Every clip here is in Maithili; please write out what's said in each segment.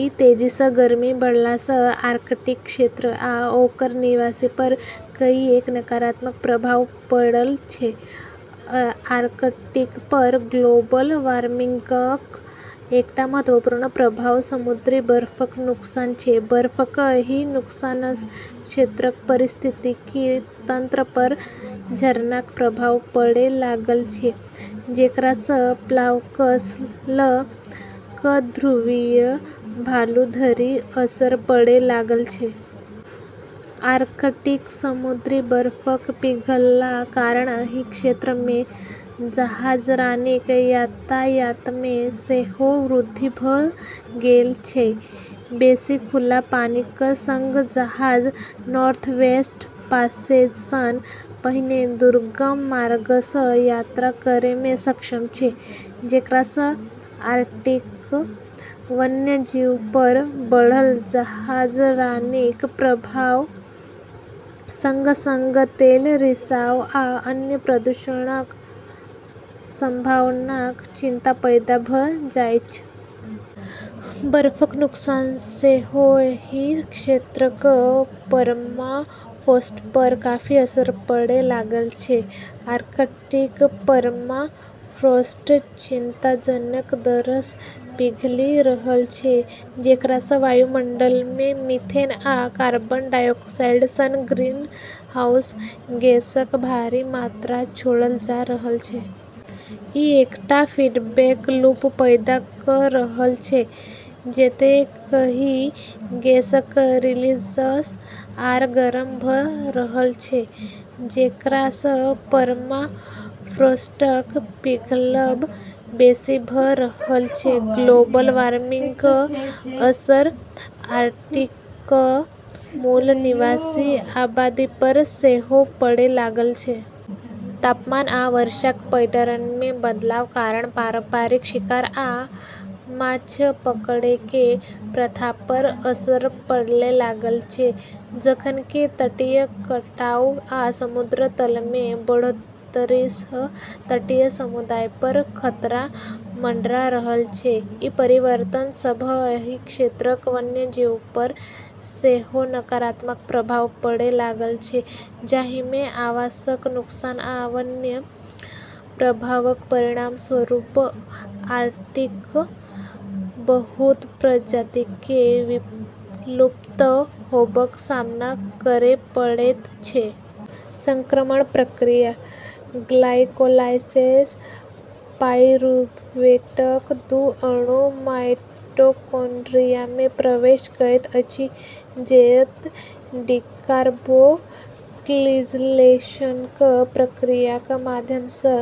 ई तेजीसँ गर्मी बढ़लासँ आर्कटिक क्षेत्र आ ओकर निवासीपर कईएक नकारात्मक प्रभाव पड़ल छै। आर्कटिकपर ग्लोबल वार्मिंगक एकटा महत्वपूर्ण प्रभाव समुद्री बर्फक नुकसान छै। बर्फक एहि नुकसानसँ क्षेत्रक पारिस्थितिकी तंत्रपर झरनाक प्रभाव पड़ै लागल छै, जेकरासँ प्लवकसँ लऽ कऽ ध्रुवीय भालू धरि असर पड़ै लागल छै। आर्कटिक समुद्री बर्फक पिघलला कारण एहि क्षेत्रमे जहाजरानीक यातायातमे सेहो वृद्धि भऽ गेल छै। बेसि खुला पानीक संग जहाज नॉर्थवेस्ट पासेज सन पहिने दुर्गम मार्गसँ यात्रा करैमे सक्षम छै, जेकरासँ आर्कटिक वन्यजीवपर बढ़ल जहाजरानीक प्रभावक संग-संग तेल रिसाव आ अन्य प्रदूषणक संभावनाक चिंता पैदा भऽ जाइछ। बर्फक नुकसानसँ सेहो एहि क्षेत्रक परमाफ्रॉस्टपर काफी असर पड़ै लागल छै। आर्कटिक पर्माफ्रॉस्ट चिंताजनक दरसँ पिघलि रहल छै, जेकरासँ वायुमंडलमे मीथेन आ कार्बन डाइऑक्साइड सन ग्रीनहाउस गैसक भारी मात्रा छोड़ल जा रहल छै। ई एकटा फीडबैक लूप पैदा कऽ रहल छै, जतए एहि गैसक रिलीजसँ आर गरम भऽ रहल छै, जेकरासँ परमाफ्रॉस्टक पिघलब बेसि भऽ रहल छै। ग्लोबल वार्मिंगक असर आर्कटिकक मूल निवासी आबादीपर सेहो पड़ै लागल छै। तापमान आ वर्षाक पैटर्नमे बदलाव कारण पारंपरिक शिकार आ माछ पकड़ैकेँ प्रथापर असर पड़ै लागल छै, जखन कि तटीय कटाव आ समुद्र तलमे बढ़ोत्तरीसँ तटीय समुदायपर खतरा मँडरा रहल छै। ई परिवर्तन सभसँ एहि क्षेत्रक वन्यजीवपर सेहो नकारात्मक प्रभाव पड़ै लागल छै, जाहिमे आवासक नुकसान आ अन्य प्रभावक परिणामस्वरूप आर्कटिकक बहुत प्रजातिकेँ विलुप्त होबक सामना करै पड़ैत छै। संक्रमण प्रतिक्रिया: ग्लाइकोलाइसिससँ पाइरुवेटक दू अणु माइटोकॉन्ड्रियामे प्रवेश करैत अछि, जतए डिकार्बोक्जिलेशनक प्रक्रियाक माध्यमसँ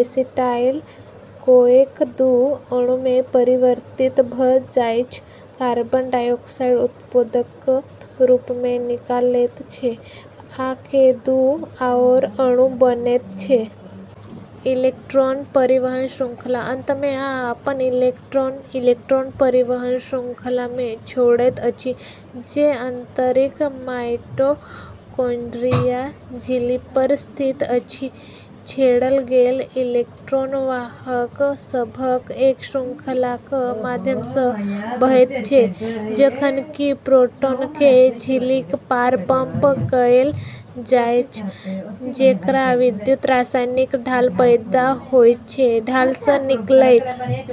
एसिटाइल-कोएक दू अणुमे परिवर्तित भऽ जाइछ। कार्बन डाइऑक्साइड उपोत्पादक रूपमे निकलैत छै, आ के दू आओर अणु बनैत छै। इलेक्ट्रॉन परिवहन श्रृंखला: अंतमे आ अपन इलेक्ट्रॉन इलेक्ट्रॉन परिवहन श्रृंखलामे छोड़ैत अछि, जे आंतरिक माइटोकॉन्ड्रिया झिल्लीपर स्थित अछि। छोड़ल गेल इलेक्ट्रॉन वाहक सभक एक श्रृंखलाक माध्यमसँ बहैत छै, जखन कि प्रोटॉनकेँ झिल्लीक पार पंप कएल जाइछ, जेकरासँ विद्युत रासायनिक ढाल पैदा होइत छै। ढालसँ निकलैत--